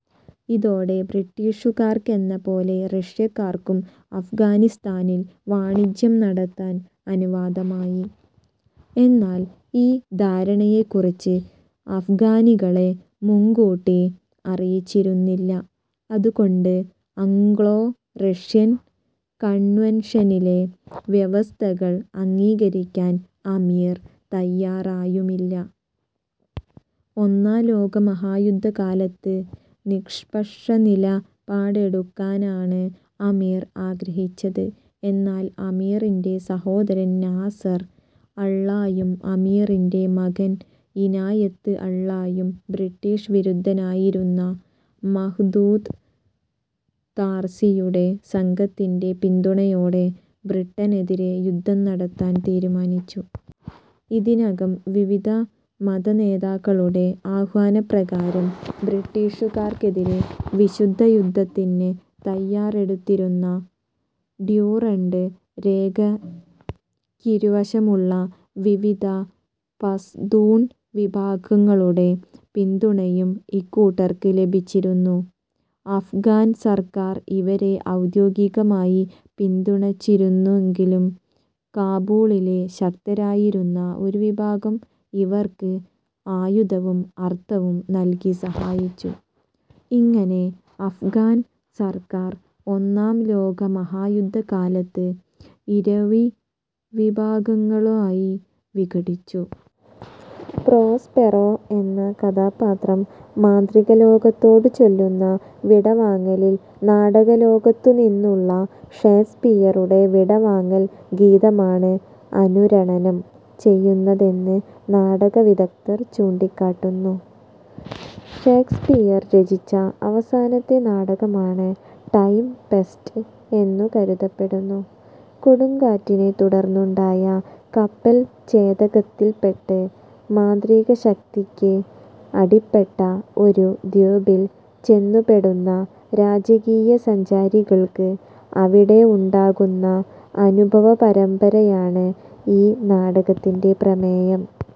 ഇതോടെ ബ്രിട്ടീഷുകാർക്കെന്ന പോലെ റഷ്യക്കാർക്കും അഫ്ഗാനിസ്താനിൽ വാണിജ്യം നടത്താൻ അനുവാദമായി. എന്നാൽ ഈ ധാരണയെക്കുറിച്ച് അഫ്ഗാനികളെ മുങ്കൂട്ടി അറിയിച്ചിരുന്നില്ല. അതുകൊണ്ട് ആംഗ്ലോ റഷ്യൻ കണ്വെൻഷനിലെ വ്യവസ്ഥകൾ അംഗീകരിക്കാൻ അമീർ തയ്യാറായുമില്ല. ഒന്നാം ലോകമഹായുദ്ധകാലത്ത് നിഷ്പക്ഷനിലപാടെടുക്കാനാണ് അമീർ ആഗ്രഹിച്ചത്. എന്നാൽ അമീറിന്റെ സഹോദരൻ നാസർ അള്ളായും, അമീറിന്റെ മകൻ ഇനായത്ത് അള്ളായും, ബ്രിട്ടീഷ് വിരുദ്ധനായിരുന്ന മഹ്മൂദ് താർസിയുടെ സംഘത്തിന്റെ പിന്തുണയോടെ ബ്രിട്ടണെതിരെ യുദ്ധം നടത്താൻ തീരുമാനിച്ചു. ഇതിനകം വിവിധ മതനേതാക്കളുടെ ആഹ്വാനപ്രകാരം ബ്രിട്ടീഷുകാർക്കെതിരെ വിശുദ്ധയുദ്ധത്തിന് തയ്യാറെടുത്തിരുന്ന ഡ്യൂറണ്ട് രേഖക്കിരുവശവുമുള്ള വിവിധ പഷ്തൂൺ വിഭാഗങ്ങളുടെ പിന്തുണയും ഇക്കൂട്ടർക്ക് ലഭിച്ചിരുന്നു. അഫ്ഗാൻ സർക്കാർ ഇവരെ ഔദ്യോഗികമായി പിന്തുണച്ചിരുന്നില്ലെങ്കിലും കാബൂളിലെ ശക്തരായിരുന്ന ഒരു വിഭാഗം ഇവർക്ക് ആയുധവും അർത്ഥവും നൽകി സഹായിച്ചു. ഇങ്ങനെ അഫ്ഗാൻ സർക്കാർ ഒന്നാം ലോകമഹായുദ്ധകാലത്ത് ഇരുവിഭാഗങ്ങളായി വിഘടിച്ചു. പ്രോസ്പെറോ എന്ന മുഖ്യകഥാപാത്രം മാന്ത്രികലോകത്തോടു ചൊല്ലുന്ന വിടവാങ്ങലിൽ നാടകലോകത്തു നിന്നുള്ള ഷേക്സ്പിയറുടെ വിടവാങ്ങൽ ഗീതമാണ് അനുരണനം ചെയ്യുന്നതെന്ന് നാടകവിദഗ്ദ്ധർ ചൂണ്ടിക്കാട്ടുന്നു. ഷേക്സ്പിയർ രചിച്ച അവസാനത്തെ നാടകമാണ് ടെംപെസ്റ്റ് എന്നു കരുതപ്പെടുന്നു. കൊടുങ്കാറ്റിനെ തുടർന്നുണ്ടായ കപ്പൽച്ചേതകത്തിൽപ്പെട്ട് മാന്ത്രികശക്തിക്ക് അടിപ്പെട്ട ഒരു ദ്വീപിൽ ചെന്നുപെടുന്ന രാജകീയ സഞ്ചാരികൾക്ക് അവിടെ ഉണ്ടാകുന്ന അനുഭവപരമ്പരയാണ് ഈ നാടകത്തിന്റെ പ്രമേയം.